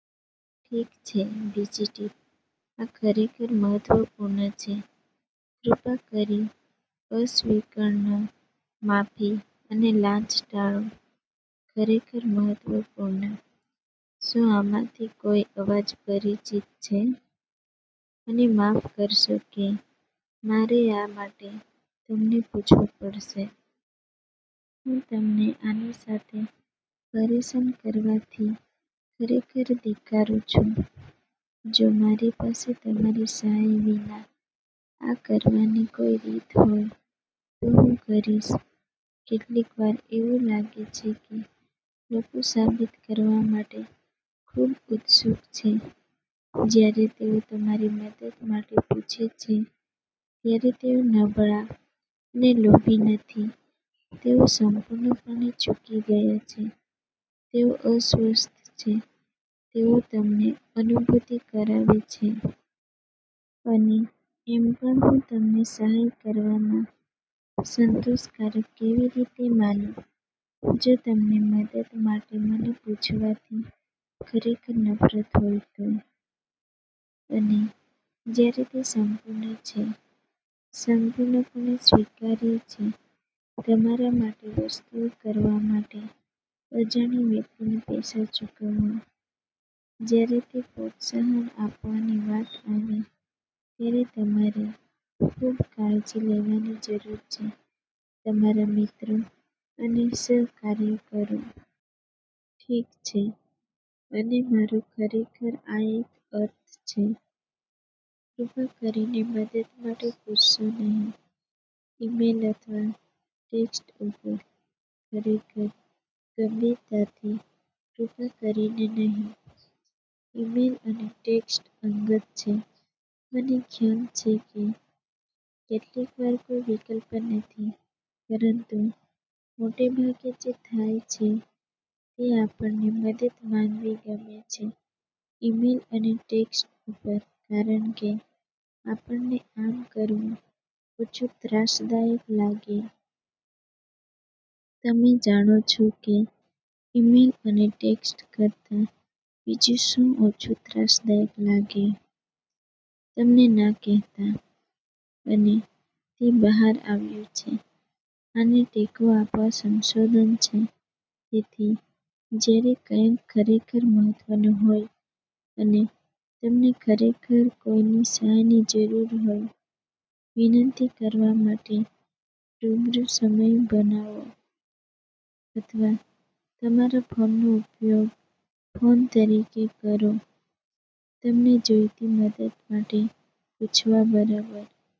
ઠીક છે. બીજી ટીપ. આ ખરેખર મહત્વપૂર્ણ છે. કૃપા કરી અસ્વીકરણ, માફી અને લાંચ ટાળો. ખરેખર મહત્વપૂર્ણ. શું આમાંથી કોઈ અવાજ પરિચિત છે? મને માફ કરશો કે મારે આ માટે તમને પૂછવું પડશે. હું તમને આની સાથે પરેશાન કરવાથી ખરેખર ધિક્કારું છું. જો મારી પાસે તમારી સહાય વિના આ કરવાની કોઈ રીત હોત, તો હું કરીશ. કેટલીકવાર એવું લાગે છે કે લોકો સાબિત કરવા માટે ખૂબ ઉત્સુક છે જ્યારે તેઓ તમારી મદદ માટે પૂછે છે ત્યારે તેઓ નબળા અને લોભી નથી, તેઓ સંપૂર્ણપણે ચુકી ગયા છે, તેઓ અસ્વસ્થ છે તેઓ તમને અનુભૂતિ કરાવે છે. અને એમ પણ હું તમને સહાય કરવામાં સંતોષકારક કેવી રીતે માનું જો તમને મદદ માટે મને પૂછવાથી ખરેખર નફરત હોય તો? અને જ્યારે તે સંપૂર્ણ છે, સંપૂર્ણપણે સ્વીકાર્ય છે તમારા માટે વસ્તુઓ કરવા માટે અજાણી વ્યક્તિને પૈસા ચૂકવવા, જ્યારે તે પ્રોત્સાહન આપવાની વાત આવે ત્યારે તમારે ખૂબ કાળજી લેવાની જરૂર છે તમારા મિત્રો અને સહકાર્યકરો. ઠીક છે. અને મારો ખરેખર આ એક અર્થ છે, કૃપા કરીને મદદ માટે પૂછશો નહીં ઇમેઇલ અથવા ટેક્સ્ટ ઉપર. ખરેખર, ગંભીરતાથી, કૃપા કરીને નહીં. ઇમેઇલ અને ટેક્સ્ટ અંગત છે. મને ખ્યાલ છે કે કેટલીક વાર કોઈ વિકલ્પ નથી પરંતુ મોટે ભાગે જે થાય છે તે આપણને મદદ માંગવી ગમે છે ઇમેઇલ અને ટેક્સ્ટ ઉપર કારણકે આપણને આમ કરવું ઓછું ત્રાસદાયક લાગે. તમે જાણો છો કે ઇમેઇલ અને ટેક્સ્ટ કરતા બીજું શું ઓછું ત્રાસદાયક લાગે? તમને ના કહેતા. અને તે બહાર આવ્યું છે. આને ટેકો આપવા સંશોધન છે. તેથી જ્યારે કંઈક ખરેખર મહત્વનું હોય અને તમને ખરેખર કોઈની સહાયની જરૂર હોય, વિનંતી કરવા માટે રૂબરૂ સમય બનાવો અથવા તમારા ફોનનો ઉપયોગ ફોન તરીકે કરો તમને જોઈતી મદદ માટે પૂછવા બરાબર.